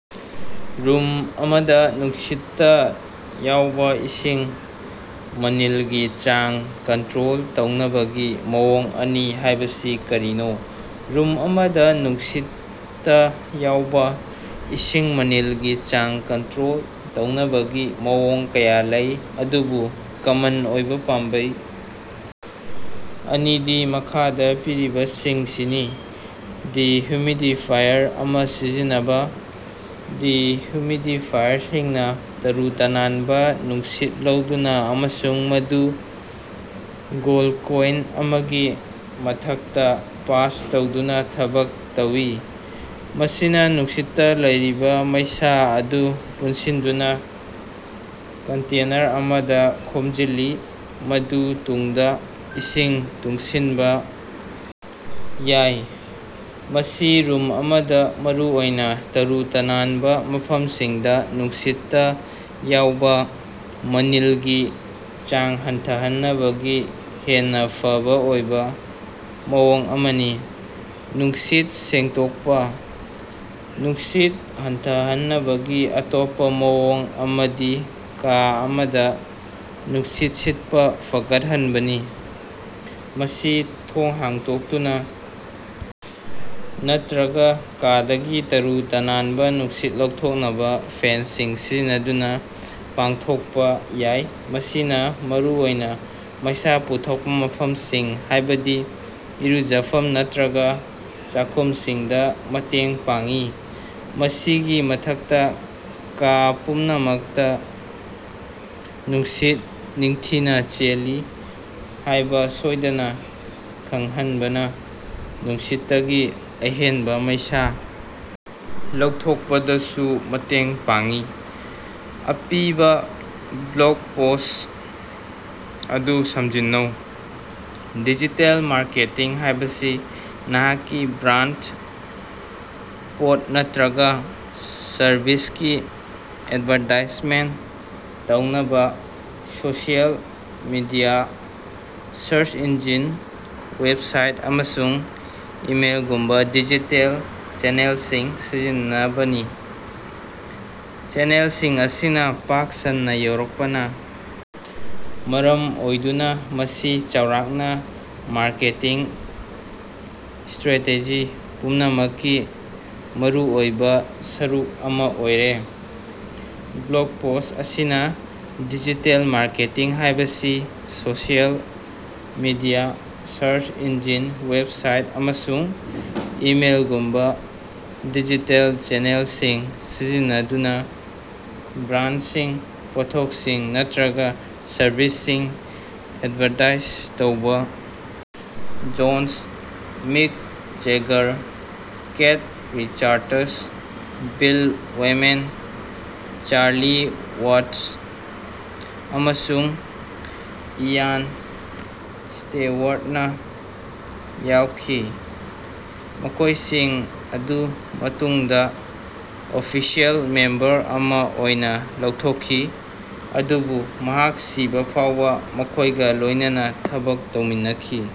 Room ꯑꯃꯗ ꯅꯨꯡꯁꯤꯠ ꯇ ꯌꯥꯎꯕ ꯏꯁꯤꯡ ꯃꯅꯤꯜ ꯒꯤ ꯆꯥꯡ ꯀꯟꯇ꯭ꯔꯣꯜ ꯇꯧꯅꯕꯒꯤ ꯃꯑꯣꯡ ꯑꯅꯤ ꯍꯥꯢꯕꯁꯤ ꯀꯔꯤꯅꯣ? ꯔꯨꯝ ꯑꯃꯗ ꯅꯨꯡꯁꯤꯠ ꯇ ꯌꯥꯎꯕ ꯏꯁꯤꯡ ꯃꯅꯤꯜ ꯒꯤ ꯆꯥꯡ ꯀꯟꯇ꯭ꯔꯣꯜ ꯇꯧꯅꯕꯒꯤ ꯃꯑꯣꯡ ꯀꯌꯥ ꯂꯩ ꯑꯗꯨꯕꯨ ꯀꯃꯟ ꯑꯣꯏꯕ ꯄꯥꯝꯕꯩ ꯑꯅꯤꯗꯤ ꯃꯈꯥꯗ ꯄꯤꯔꯤꯕꯁꯤꯡꯁꯤꯅꯤ: ꯗꯤꯍꯨꯃꯤꯗꯤꯐꯥꯏꯌꯔ ꯑꯃ ꯁꯤꯖꯤꯟꯅꯕ: ꯗꯤꯍꯨꯃꯤꯗꯤꯐꯥꯏꯌꯔꯁꯤꯡꯅ ꯇꯔꯨ-ꯇꯅꯥꯟꯕ ꯅꯨꯡꯁꯤꯠ ꯂꯧꯗꯨꯅ ꯑꯃꯁꯨꯡ ꯃꯗꯨ ꯀꯣꯜꯗ ꯀꯣꯏꯜ ꯑꯃꯒꯤ ꯃꯊꯛꯇ ꯄꯥꯁ ꯇꯧꯗꯨꯅꯥ ꯊꯕꯛ ꯇꯧꯏ꯫ ꯃꯁꯤꯅ ꯅꯨꯡꯁꯤꯠꯇ ꯂꯩꯔꯤꯕ ꯃꯩꯁꯥ ꯑꯗꯨ ꯄꯨꯟꯁꯤꯟꯗꯨꯅ ꯀꯟꯇꯦꯅꯔ ꯑꯃꯗ ꯈꯣꯝꯖꯤꯜꯂꯤ ꯃꯗꯨ ꯇꯨꯡꯗ ꯏꯁꯤꯡ ꯇꯨꯡꯁꯤꯟꯕ ꯌꯥꯏ꯫ ꯃꯁꯤ ꯔꯨꯝ ꯑꯃꯗ ꯃꯔꯨꯑꯣꯏꯅ ꯇꯔꯨ-ꯇꯅꯥꯟꯕ ꯃꯐꯝꯁꯤꯡꯗ ꯅꯨꯡꯁꯤꯠ ꯇ ꯌꯥꯎꯕ ꯃꯅꯤꯜꯒꯤ ꯆꯥꯡ ꯍꯟꯊꯍꯟꯅꯕꯒꯤ ꯍꯦꯟꯅ ꯐꯕ ꯑꯣꯏꯕ ꯃꯑꯣꯡ ꯑꯃꯅꯤ꯫ ꯅꯨꯡꯁꯤꯠ ꯁꯦꯡꯗꯣꯛꯄ: ꯅꯨꯡꯁꯤꯠ ꯍꯟꯊꯍꯟꯅꯕꯒꯤ ꯑꯇꯣꯞꯄ ꯃꯑꯣꯡ ꯑꯃꯗꯤ ꯀꯥ ꯑꯃꯗ ꯅꯨꯡꯁꯤꯠ ꯁꯤꯠꯄ ꯐꯒꯠꯍꯟꯕꯅꯤ꯫ ꯃꯁꯤ ꯊꯣꯡ ꯍꯥꯡꯗꯣꯛꯇꯨꯅ ꯅꯠꯇ꯭ꯔꯒ ꯀꯥꯗꯒꯤ ꯇꯔꯨ-ꯇꯅꯥꯟꯕ ꯅꯨꯡꯁꯤꯠ ꯂꯧꯊꯣꯛꯅꯕ ꯐꯦꯟꯁꯤꯡ ꯁꯤꯖꯤꯟꯅꯗꯨꯅ ꯄꯥꯡꯊꯣꯛꯄ ꯌꯥꯏ꯫ ꯃꯁꯤꯅ ꯃꯔꯨꯑꯣꯏꯅ ꯃꯩꯁꯥ ꯄꯨꯊꯣꯛꯄ ꯃꯐꯝꯁꯤꯡ ꯍꯥꯢꯕꯗꯤ ꯏꯔꯨꯖꯐꯝ ꯅꯠꯇ꯭ꯔꯒ ꯆꯥꯈꯨꯝꯁꯤꯡꯗ ꯃꯇꯦꯡ ꯄꯥꯡꯏ꯫ ꯃꯁꯤꯒꯤ ꯃꯊꯛꯇ, ꯀꯥ ꯄꯨꯝꯅꯃꯛꯇ ꯅꯨꯡꯁꯤꯠ ꯅꯤꯡꯊꯤꯅ ꯆꯦꯜꯂꯤ ꯍꯥꯢꯕ ꯁꯣꯢꯗꯅ ꯈꯪꯍꯟꯕꯅ ꯅꯨꯡꯁꯤꯠꯇꯒꯤ ꯑꯍꯦꯟꯕ ꯃꯩꯁꯥ ꯂꯧꯊꯣꯛꯄꯗꯁꯨ ꯃꯇꯦꯡ ꯄꯥꯡꯏ꯫ ꯑꯄꯤꯕꯥ ꯕ꯭ꯂꯣꯒ ꯄꯣꯁ꯭ꯠ ꯑꯗꯨ ꯁꯝꯖꯤꯟꯅꯧ꯫ ꯗꯤꯖꯤꯇꯦꯜ ꯃꯥꯔꯀꯦꯇꯤꯡ ꯍꯥꯢꯕꯁꯤ ꯅꯍꯥꯛꯀꯤ ꯕ꯭ꯔꯥꯟꯗ, ꯄꯣꯠ ꯅꯠꯇ꯭ꯔꯒ ꯁꯔꯚꯤꯁꯀꯤ ꯑꯦꯗꯚꯥꯔꯇꯥꯏꯖꯃꯦꯟꯇ ꯇꯧꯅꯕ social media, search engine, website ꯑꯃꯁꯨꯡ ꯏꯃꯦꯜꯒꯨꯝꯕ ꯗꯤꯖꯤꯇꯦꯜ ꯆꯦꯅꯦꯜꯁꯤꯡ ꯁꯤꯖꯤꯟꯅꯕꯅꯤ꯫ ꯆꯦꯅꯦꯜꯁꯤꯡ ꯑꯁꯤꯅ ꯄꯥꯛ ꯁꯟꯅ ꯌꯧꯔꯛꯄꯅ ꯃꯔꯝ ꯑꯣꯏꯗꯨꯅ ꯃꯁꯤ ꯆꯥꯎꯔꯥꯛꯅ ꯃꯥꯔꯀꯦꯇꯤꯡ ꯁꯇ꯭ꯔꯦꯇꯦꯖꯤ ꯄꯨꯝꯅꯃꯛꯀꯤ ꯃꯔꯨꯑꯣꯏꯕ ꯁꯔꯨꯛ ꯑꯃ ꯑꯣꯏꯔꯦ꯫ ꯕ꯭ꯂꯣꯒ ꯄꯣꯁ꯭ꯠ ꯑꯁꯤꯅ ꯗꯤꯖꯤꯇꯦꯜ ꯃꯥꯔꯀꯦꯇꯤꯡ ꯍꯥꯢꯕꯁꯤ social media, search engine, website ꯑꯃꯁꯨꯡ ꯏꯃꯦꯜꯒꯨꯝꯕ ꯗꯤꯖꯤꯇꯦꯜ ꯆꯦꯅꯦꯜꯁꯤꯡ ꯁꯤꯖꯤꯟꯅꯗꯨꯅ ꯕ꯭ꯔꯥꯟꯗꯁꯤꯡ, ꯄꯣꯠꯊꯣꯛꯁꯤꯡ, ꯅꯠꯇ꯭ꯔꯒ ꯁꯔꯚꯤꯁꯁꯤꯡ ꯑꯦꯗꯚꯥꯔꯇꯥꯏꯖ ꯇꯧꯕ Jones, Mick Jagger, Keith Richards, Bill Wyman, Charlie Watts ꯑꯃꯁꯨꯡ ꯏꯌꯥꯟ ꯁ꯭ꯇꯦꯋꯥꯔꯗꯅ ꯌꯥꯎꯈꯤ ꯃꯈꯣꯢꯁꯤꯡ ꯑꯗꯨ ꯃꯇꯨꯡꯗ ꯑꯣꯐꯤꯁꯤꯑꯦꯜ ꯃꯦꯝꯕꯔ ꯑꯃ ꯑꯣꯏꯅꯥ ꯂꯧꯊꯣꯛꯈꯤ ꯑꯗꯨꯕꯨ ꯃꯍꯥꯛ ꯁꯤꯕ ꯐꯥꯎꯕꯥ ꯃꯈꯣꯢꯒꯥ ꯂꯣꯢꯅꯅꯥ ꯊꯕꯛ ꯇꯧꯃꯤꯟꯅꯈꯤ꯫